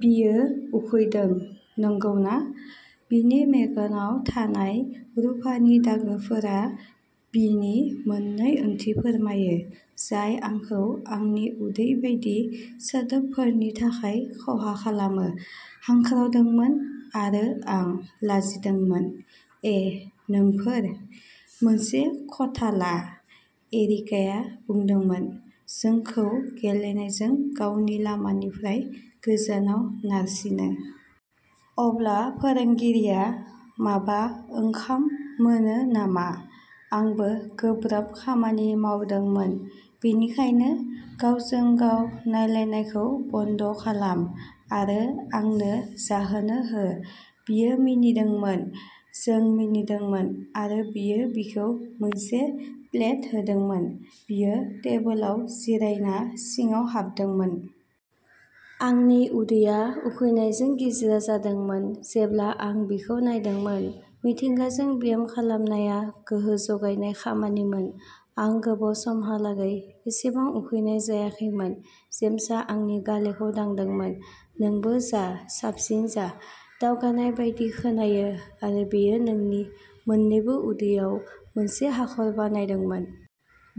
"बियो उखैदों, नंगौना? " बिनि मेगनाव थानाय रुफानि दागोफोरा बिनि मोननै ओंथि फोरमायो, जाय आंखौ आंनि उदै बायदि सोदोबफोरनि थाखाय खहा खालामो। हांख्रावदोंमोन, आरो आं लाजिदोंमोन। "ए, नोंफोर। मोनसे खथा ला", एरिकाया बुंदोंमोन, जोंखौ गेलेनायजों गावनि लामानिफ्राय गोजानाव नारसिनो। "अब्ला फोरोंगिरिआ माबा ओंखाम मोनो नामा? आंबो गोब्राब खामानि मावदोंमोन, बेनिखायनो गावजों-गाव नायलायनायखौ बन्द खालाम, आरो आंनो जाहोनो हो। " बियो मिनिदोंमोन। जों मिनिदोंमोन, आरो बियो बिखौ मोनसे प्लेट होदोंमोन। बियो टेबोलाव जिरायना सिङाव हाबदोंमोन। आंनि उदैया उखैनायजों गिज्रा जादोंमोन जेब्ला आं बिखौ नायदोंमोन। मिथिंगाजों ब्याम खालामनाया गोहो जगायनाय खामानिमोन। आं गोबाव समहालागै एसेबां उखैनाय जायाखैमोन। जेम्सआ आंनि गालेखौ दांदोंमोन। "नोंबो जा, साबसिन जा। दावगानाय बायदि खोनायो, आरो बेयो नोंनि मोन्नैबो उदैयाव मोनसे हाखर बानायदोंमोन। "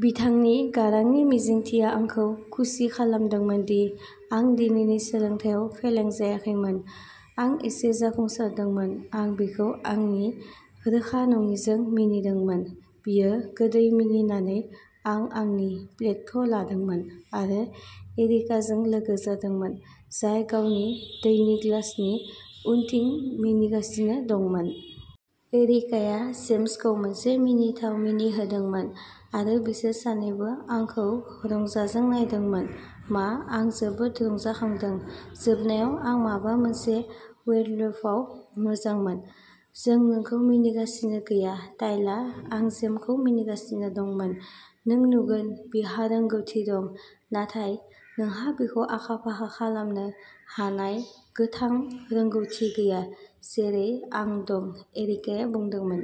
बिथांनि गारांनि मिजिंथिया आंखौ खुसि खालामदोंमोन दि आं दिनैनि सोलोंथायाव फेलें जायाखैमोन। "आं एसे जाफुंसारदोंमोन। " आं बिखौ आंनि रोखा-नङिजों मिनिदोंमोन। बिखौ गोदै मिनिनानै, आं आंनि प्लेटखौ लादोंमोन आरो एरिकाजों लोगो जादोंमोन, जाय गावनि दैनि ग्लासनि उनथिं मिनिगासिनो दंमोन। एरिकाया जेम्सखौ मोनसे मिनिथाव मिनिहोदोंमोन, आरो बिसोर सानैबो आंखौ रंजाजों नायदोंमोन। "मा? आं जोबोद रंजाखांदों। " जोबनायाव, आं माबा मोनसे वेयरवुल्फआव मोजांमोन। "जों नोंखौ मिनिगासिनो गैया, टायला। आं जेम्सखौ मिनिगासिनो दंमोन। नों नुगोन बिहा रोंग'थि दं, नाथाय नोंहा बेखौ आखा-फाखा खालामनो हानाय गोथां रोंग'थि गैया जेरै आं दं", एरिकाया बुंदोंमोन।